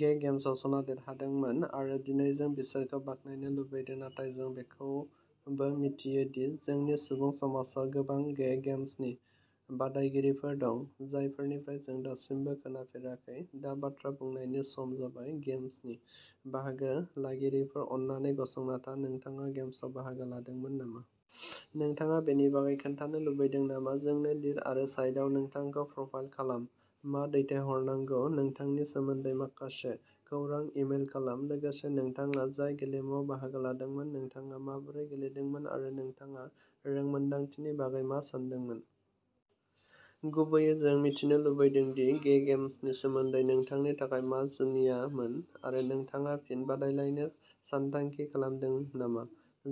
गे गेम्सआव सना देरहादोंमोन आरो दिनै जों बिसोरखौ बाख्नायनो लुबैदों नाथाय जों बेखौबो मिथियो दि जोंनि सुबुं समाजाव गोबां गे गेम्सनि बादायगिरिफोर दं, जायफोरनिफ्राय जों दासिमबो खोनाफेराखै दा बाथ्रा बुंनायनि सम जाबाय। गेम्सनि बाहागो लागिरिफोर अन्नानै गसंना था नोंथाङा गेम्सआव बाहागो लादोंमोन नामा? नोंथाङा बेनि बागै खोन्थानो लुबैदों नामा? जोंनो लिर आरो साइटआव नोंथांखौ प्रफाइल खालाम मा दैथायहरनांगौ नोंथांनि सोमोन्दै माखासे खौरां इमेल खालाम, लोगोसे नोंथाङा जाय गेलेमुआव बाहागो लादोंमोन नोंथाङा माबोरै गेलेदोंमोन आरो नोंथाङा रोंमोन्दांथिनि बागै मा सानदोंमोन। गुबैयै जों मिथिनो लुबैदों दि गे गेम्सनि सोमोन्दै नोंथांनि थाखाय मा जुनियामोन आरो नोंथाङा फिन बादायलायनो सानथांखि खालामदों नामा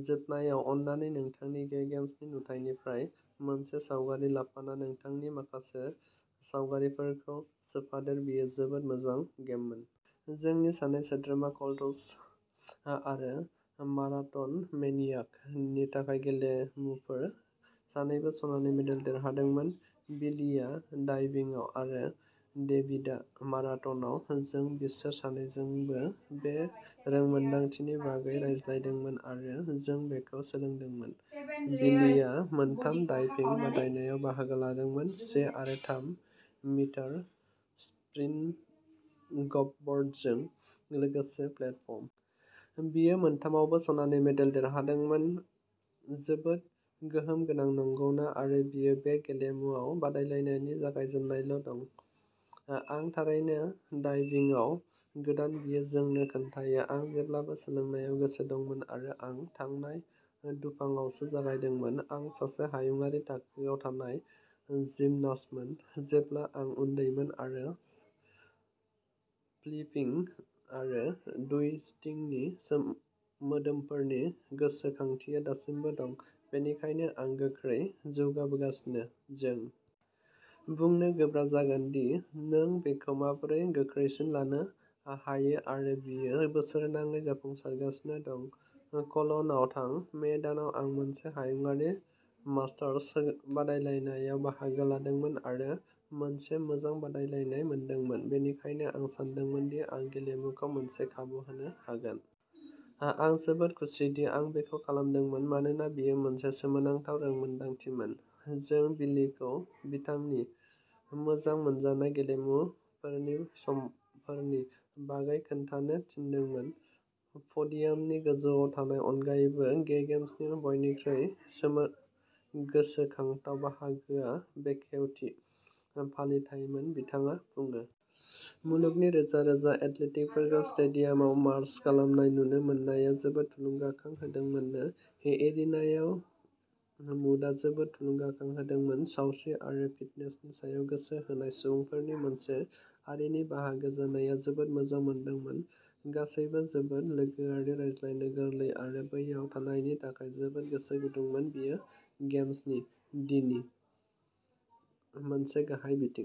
जोबनायाव अन्नानै नोंथांनि गे गेम्सनि नुथाइनिफ्राय मोनसे सावगारि लाफाना नोंथांनि माखासे सावगारिफोरखौ सोफादेर बेयो जोबोद मोजां गेमोन। जोंनि सानै सोद्रोमा, कल्ट्सड आरो माराथनमेनियाक नि थाखाय गेलेमुफोर सानैबो सनानि मेडेल देरहादोंमोन बिलीया डाइभिंआव आरो डेविडआ माराथनआव। जों बिसोर सानैजोंबो बे रोंमोन्दांथिनि बागै रायज्लायदोंमोन आरो जों बेखौ सोलोंदोंमोन। बिलीया मोनथाम डाइभिं आयदाफोराव बाहागो लादोंमोन से आरो थाम मिटार स्प्रिंगबर्डजों लोगोसे प्लेटफर्म। बियो मोनथामावबो सनानि मेडेल देरहादोंमोन जोबोद गोहोम गोनां नंगौना आरो बियो बे गेलेमुआव बादायलायनायनि जागायजेननायावल'दं। आं थारैनो डाइविंगआव गोदान बियो जोंनो खोन्थायो। आं जेब्लाबो सोलोंनायाव गोसो दंमोन आरो आं थांनाय दुफांआवसो जागायदोंमोन। आं सासे हायुंआरि थाखोआव थानाय जिमनास्टमोन जेब्ला आं उन्दैमोन आरो फ्लिपिं आरो टुइस्टिंनि मोदोमफोरनि गोसोखांथिया दासिमबो दं, बेनिखायनो आं गोख्रै जौगाबोगासिनो। जों बुंनो गोब्राब जागोन दि नों बेखौ माबोरै गोख्रैसिन लानो हायोआरो बियो बोसोरनाङै जाफुंसारगासिनो दं। कल'नआव थां। "मे दानाव आं मोनसे हायुंआरि मास्टार्स बादायलायनायाव बाहागो लादोंमोन आरो मोनसे मोजां बादायलायनाय मोनदोंमोन, बेनिखायनो आं सानदोंमोन दि आं गेलेमुखौ मोनसे खाबु होनो हागोन। आं जोबोद खुसिदि आं बेखौ खालामदोंमोन मानोना बेयो मोनसे सोमोनांथाव रोंमोनदांथिमोन।" जों बिलीखौ बिथांनि मोजां मोनजानाय गेलेमुफोरनि समफोरनि बागै खोन्थानो थिनदोंमोन। "प'डियामनि गोजौआव थानायनि अनगायैबो, गे गेम्सनि बयनिख्रुइ गोसोखांथाव बाहागोआ बेखेवथि फालिथाइमोन", बिथाङा बुङो। "मुलुगनि रोजा-रोजा एथलीटफोरखौ स्टेडियामाव मार्च खालामनाय नुनो मोननाया जोबोद थुलुंगाखां होदोंमोन। एरिनाआव मुडआ जोबोद थुलुंगाखां होदोंमोन। सावस्रि आरो फिटनेसनि सायाव गोसो होनाय सुबुंफोरनि मोनसे हारिनि बाहागो जानाया जोबोद मोजां मोनदोंमोन। गासैबो जोबोद लोगोआरि, रायज्लायनो गोरलै आरो बैयाव थानायनि थाखाय जोबोद गोसो गुदुंमोन।" बेयो गेम्स-दिनि मोनसे गाहाय बिथिं।